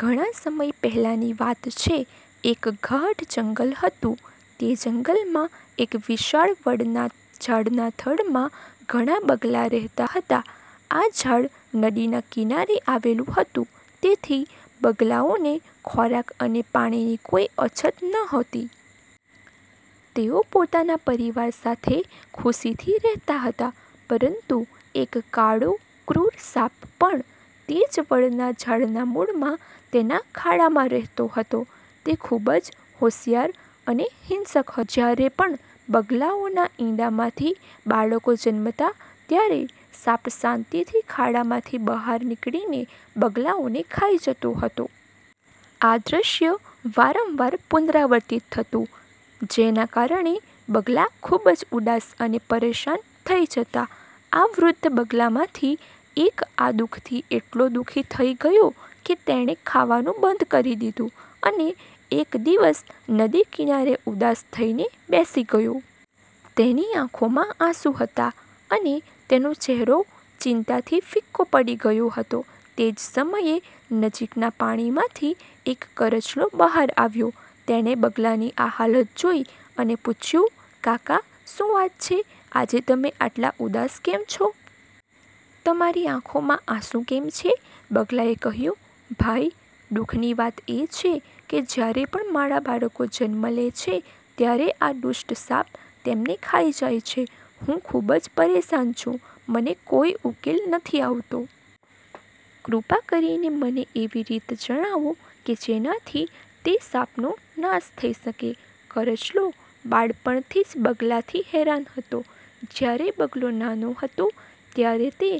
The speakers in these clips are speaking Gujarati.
ઘણા સમય પહેલાની વાત છે. એક ગાઢ જંગલ હતું. તે જંગલમાં એક વિશાળ વડના ઝાડના થડમાં ઘણા બગલા રહેતા હતા. આ ઝાડ નદીના કિનારે આવેલું હતું, તેથી બગલાઓને ખોરાક અને પાણીની કોઈ અછત નહોતી. તેઓ પોતાના પરિવાર સાથે ખુશીથી રહેતા હતા. પરંતુ એક કાળો, ક્રૂર સાપ પણ તે જ વડના ઝાડના મૂળમાં તેના ખાડામાં રહેતો હતો. તે ખૂબ જ હોશિયાર અને હિંસક હતો. જ્યારે પણ બગલાઓના ઈંડામાંથી બાળકો જન્મતા, ત્યારે સાપ શાંતિથી ખાડામાંથી બહાર નીકળીને બગલાઓને ખાઈ જતો. આ દ્રશ્ય વારંવાર પુનરાવર્તિત થતું, જેના કારણે બગલા ખૂબ જ ઉદાસ અને પરેશાન થઈ જતા. આ વૃદ્ધ બગલામાંથી એક આ દુ:ખથી એટલો દુઃખી થઈ ગયો કે તેણે ખાવાનું બંધ કરી દીધું અને એક દિવસ નદી કિનારે ઉદાસ થઈને બેસી ગયો. તેની આંખોમાં આંસુ હતા અને તેનો ચહેરો ચિંતાથી ફિક્કો પડી ગયો હતો. તે જ સમયે, નજીકના પાણીમાંથી એક કરચલો બહાર આવ્યો. તેણે બગલાની આ હાલત જોઈ અને પૂછ્યું, કાકા! શું વાત છે? આજે તમે આટલા ઉદાસ કેમ છો? તમારી આંખોમાં આંસુ કેમ છે? બગલાએ કહ્યું, ભાઈ! દુઃખની વાત એ છે કે જ્યારે પણ મારા બાળકો જન્મે છે, ત્યારે આ દુષ્ટ સાપ તેમને ખાઈ જાય છે. હું ખૂબ જ પરેશાન છું. મને કોઈ ઉકેલ નથી આવતો. કૃપા કરીને મને એવી રીત જણાવો કે જેનાથી તે સાપનો નાશ થઈ શકે. કરચલો બાળપણથી જ બગલાથી હેરાન હતો. જ્યારે બગલો નાનો હતો, ત્યારે તે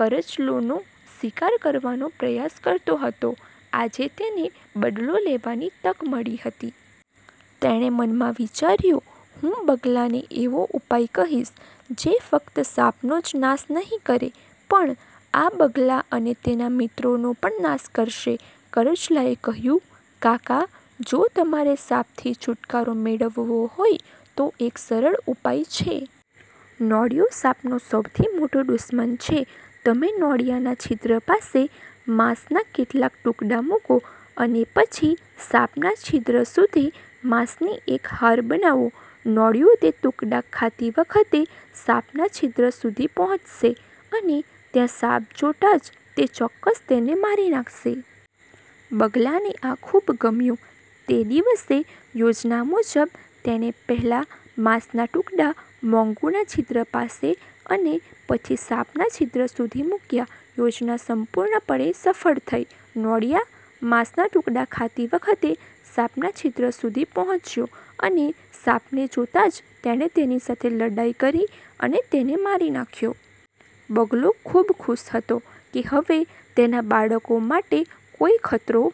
કરચલોનો શિકાર કરવાનો પ્રયાસ કરતો હતો. આજે તેને બદલો લેવાની તક મળી હતી. તેણે મનમાં વિચાર્યું – હું આ બગલાને એવો ઉપાય કહીશ જે ફક્ત સાપનો જ નાશ નહીં કરે, પણ આ બગલા અને તેના મિત્રોનો પણ નાશ કરશે. કરચલાએ કહ્યું, કાકા! જો તમારે સાપથી છુટકારો મેળવવો હોય, તો એક સરળ ઉપાય છે. નોળિયો સાપનો સૌથી મોટો દુશ્મન છે. તમે નોળિયાના છિદ્ર પાસે માંસના કેટલાક ટુકડા મૂકો અને પછી સાપના છિદ્ર સુધી માંસની એક હાર બનાવો. નોળિયા તે ટુકડા ખાતી વખતે સાપના છિદ્ર સુધી પહોંચશે અને ત્યાં સાપ જોતાં જ તે ચોક્કસ તેને મારી નાખશે. બગલાને આ ખૂબ ગમ્યું. તે દિવસે, યોજના મુજબ, તેણે પહેલા માંસના ટુકડા મોંગૂના છિદ્ર પાસે અને પછી સાપના છિદ્ર સુધી મૂક્યા. યોજના સંપૂર્ણપણે સફળ થઈ. નોળિયા માંસના ટુકડા ખાતી વખતે સાપના છિદ્ર સુધી પહોંચ્યો અને સાપને જોતાં જ તેણે તેની સાથે લડાઈ કરી અને તેને મારી નાખ્યો. બગલો ખૂબ ખુશ હતો કે હવે તેના બાળકો માટે કોઈ ખતરો